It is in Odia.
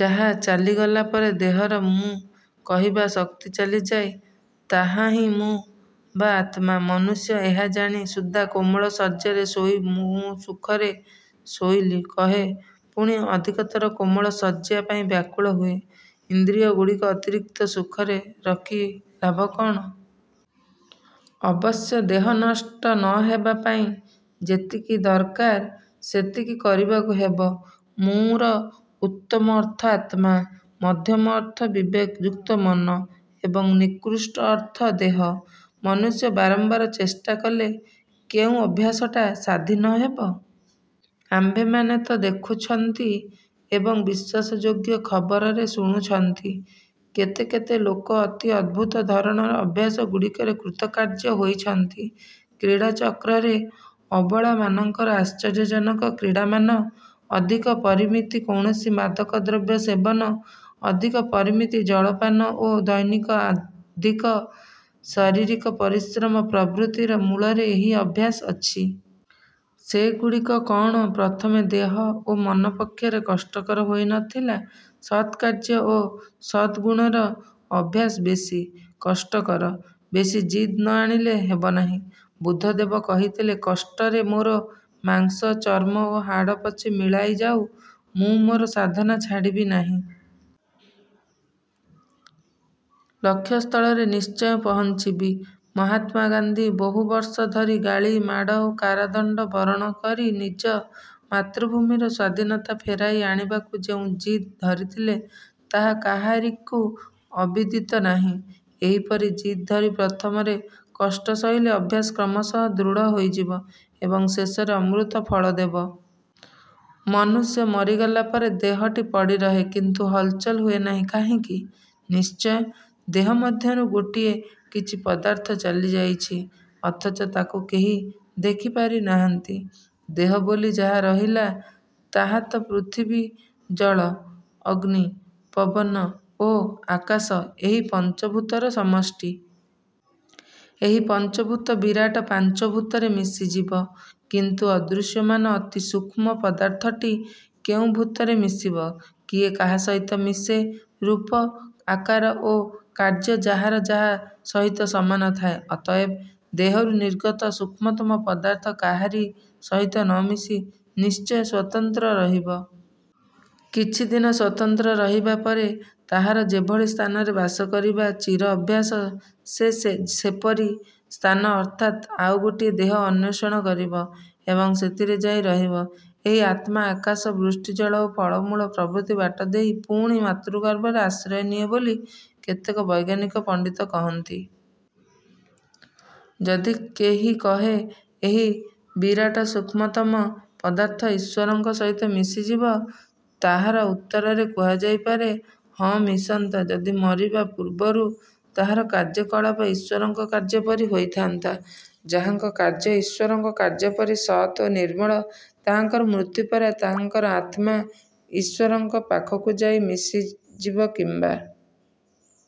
ଯାହା ଚାଲିଗଲାପରେ ଦେହର 'ମୁଁ' କହିବା ଶକ୍ତି ଚାଲିଯାଏ, ତାହା ହିଁ 'ମୁଁ' ବା ଆତ୍ମା। ମନୁଷ୍ୟ ଏହା ଜାଣି ସୁଦ୍ଧା କୋମଳ ଶଯ୍ୟାରେ ଶୋଇ "ମୁଁ ସୁଖରେ ଶୋଇଲି" କହେ, ପୁଣି ଅଧିକତର କୋମଳ ଶଯ୍ୟା ପାଇଁ ବ୍ୟାକୁଳ ହୁଏ। ଇନ୍ଦ୍ରିୟଗୁଡ଼ିକ ଅତିରିକ୍ତ ସୁଖରେ ରଖି ଲାଭ କଅଣ? ଅବଶ୍ୟ ଦେହ ନଷ୍ଟ ନ ହେବା ପାଇଁ ଯେତିକି ଦରକାର ସେତିକି କରିବାକୁ ହେବ। "ମୁଁ"ର ଉତ୍ତମ ଅର୍ଥ ଆତ୍ମା, ମଧ୍ୟମ ଅର୍ଥ ବିବେକ ଯୁକ୍ତ ମନ ଏବଂ ନିକୃଷ୍ଟ ଅର୍ଥ ଦେହ। ମନୁଷ୍ୟ ବାରମ୍ବାର ଚେଷ୍ଟା କଲେ କେଉଁ ଅଭ୍ୟାସଟା ସାଧି ନ ହେବ? ଆମ୍ଭେମାନେ ତ ଦେଖୁଛନ୍ତି ଏବଂ ବିଶ୍ଵାସ ଯୋଗ୍ୟ ଖବରରେ ଶୁଣୁଛନ୍ତି, କେତେ କେତେ ଲୋକ ଅତି ଅଦ୍ଭୁତ ଧରଣ ଅଭ୍ୟାସଗୁଡ଼ିକରେ କୃତକାର୍ଯ୍ୟ ହୋଇଛନ୍ତି। କ୍ରୀଡ଼ା ଚକ୍ରରେ ଅବଳାମାନଙ୍କର ଆଶ୍ଚର୍ଯ୍ୟଜନକ କ୍ରୀଡ଼ାମାନ, ଅଧିକ ପରିମିତି କୌଣସି ମାଦକ ଦ୍ରବ୍ୟ ସେବନ, ଅଧିକ ପରିମିତ ଜଳପାନ ଓ ଦୈନିକ ଅଧିକ ଶାରୀରିକ ପରିଶ୍ରମ ପ୍ରଭୃତିର ମୂଳରେ ଏହି ଅଭ୍ୟାସ ଅଛି। ସେଗୁଡ଼ିକ କଅଣ ପ୍ରଥମେ ଦେହ ଓ ମନ ପକ୍ଷରେ କଷ୍ଟକର ହୋଇ ନ ଥିଲା? ସତ୍କାର୍ଯ୍ୟ ଓ ସତ୍ଗୁଣର ଅଭ୍ୟାସ ବେଶୀ। କଷ୍ଟକର। ବେଶୀ ଜିଦ୍ ନ ଆଣିଲେ ହେବ ନାହିଁ। ବୁଦ୍ଧଦେବ କହିଥିଲେ "କଷ୍ଟରେ ମୋର ମାଂସ, ଚର୍ମ ଓ ହାଡ଼ ପଛେ ମିଳାଇ ଯାଉ; ମୁଁ ମୋର ସାଧନା ଛାଡ଼ିବି ନାହିଁ। ଲକ୍ଷ୍ୟ ସ୍ଥଳରେ ନିଶ୍ଚୟ ପହଞ୍ଚିବି। " ମହାତ୍ମା ଗାନ୍ଧୀ ବହୁ ବର୍ଷ ଧରି ଗାଳି, ମାଡ଼ ଓ କାରାଦଣ୍ଡ ବରଣ କରି ନିଜ ମାତୃଭୂମିର ସ୍ଵାଧୀନତା ଫେରାଇ ଆଣିବାକୁ ଯେଉଁ ଜିଦ୍ ଧରିଥିଲେ, ତାହା କାହାରିକୁ ଅବିଦିତ ନାହିଁ। ଏହିପରି ଜିଦ୍ ଧରି ପ୍ରଥମରେ କଷ୍ଟ ସହିଲେ ଅଭ୍ୟାସ କ୍ରମଶଃ ଦୃଢ଼ ହୋଇଯିବ ଏବଂ ଶେଷରେ ଅମୃତଫଳ ଦେବ। ମନୁଷ୍ୟ ମରିଗଲା ପରେ ଦେହଟି ପଡ଼ିରହେ କିନ୍ତୁ ହଲଚଲ ହୁଏ ନାହିଁ କାହିଁକି? ନିଶ୍ଚୟ ଦେହ ମଧ୍ୟରୁ ଗୋଟିଏ କିଛି ପଦାର୍ଥ ଚାଲି ଯାଇଛି, ଅଥଚ ତାକୁ କେହି ଦେଖିପାରି ନାହାନ୍ତି-। ଦେହ ବୋଲି ଯାହା ରହିଲା ତାହାତ ପୃଥିବୀ, ଜଳ, ଅଗ୍ନି, ପବନ ଓ ଆକାଶ ଏହି ପଞ୍ଚଭୂତର ସମଷ୍ଟି। ଏହି ପଞ୍ଚଭୂତ ବିରାଟ ପାଞ୍ଚଭୂତରେ ମିଶିଯିବ। କିନ୍ତୁ ଅଦୃଶ୍ୟମାନ ଅତି ସୂକ୍ଷ୍ମ ପଦାର୍ଥଟି କେଉଁ ଭୂତରେ ମିଶିବ? କିଏ କାହା ସହିତ ମିଶେ-? ରୂପ, ଆକାର ଓ କାର୍ଯ୍ୟ ଯାହାର ଯାହା ସହିତ ସମାନ ଥାଏ। ଅତଏବ ଦେହରୁ ନିର୍ଗତ ସୂକ୍ଷ୍ମତମ ପଦାର୍ଥ କାହରି ସହିତ ନ ମିଶି ନିଶ୍ଚୟ ସ୍ଵତନ୍ତ୍ର ରହିବ। କିଛି ଦିନ ସ୍ଵତନ୍ତ୍ର ରହିବା ପରେ ତାହାର ଯେଭଳି ସ୍ଥାନରେ ବାସ କରିବା ଚିର ଅଭ୍ୟାସ, ସେ ସେପରି ସ୍ଥାନ ଅର୍ଥାତ୍ ଆଉ ଗୋଟିଏ ଦେହ ଅନ୍ଵେଷଣ କରିବ ଏବଂ ସେଥିରେ ଯାଇ ରହିବ। ଏହି ଆତ୍ମା ଆକାଶ, ବୃଷ୍ଟିଜଳ ଓ ଫଳମୂଳ ପ୍ରଭୃତି ବାଟ ଦେଇ ପୁଣି ମାତୃଗର୍ଭରେ ଆଶ୍ରୟ ନିଏ ବୋଲି କେତେକ ବୈଜ୍ଞାନିକ ପଣ୍ଡିତ କହନ୍ତି-। ଯଦି କେହି କହେ, ଏହି ବିରାଟ ସୂକ୍ଷ୍ମତମ ପଦାର୍ଥ ଈଶ୍ଵରଙ୍କ ସହିତ ମିଶିଯିବ। ତାହାର ଉତ୍ତରରେ କୁହାଯାଇ ପାରେ, ହଁ ମିଶନ୍ତା ଯଦି ମରିବା ପୂର୍ବରୁ ତାହାର କାର୍ଯ୍ୟକଳାପ ଈଶ୍ଵରଙ୍କ କାର୍ଯ୍ୟପରି ହୋଇଥାନ୍ତା। ଯାହାଙ୍କ କାର୍ଯ୍ୟ ଈଶ୍ଵରଙ୍କ କାର୍ଯ୍ୟପରି ସତ୍ ଓ ନିର୍ମଳ, ତାହାଙ୍କର ମୃତ୍ୟୁ ପରେ ତାହାଙ୍କର ଆତ୍ମା ଈଶ୍ଵରଙ୍କ ପାଖକୁ ଯାଇ ମିଶିଯିବ କିମ୍ବା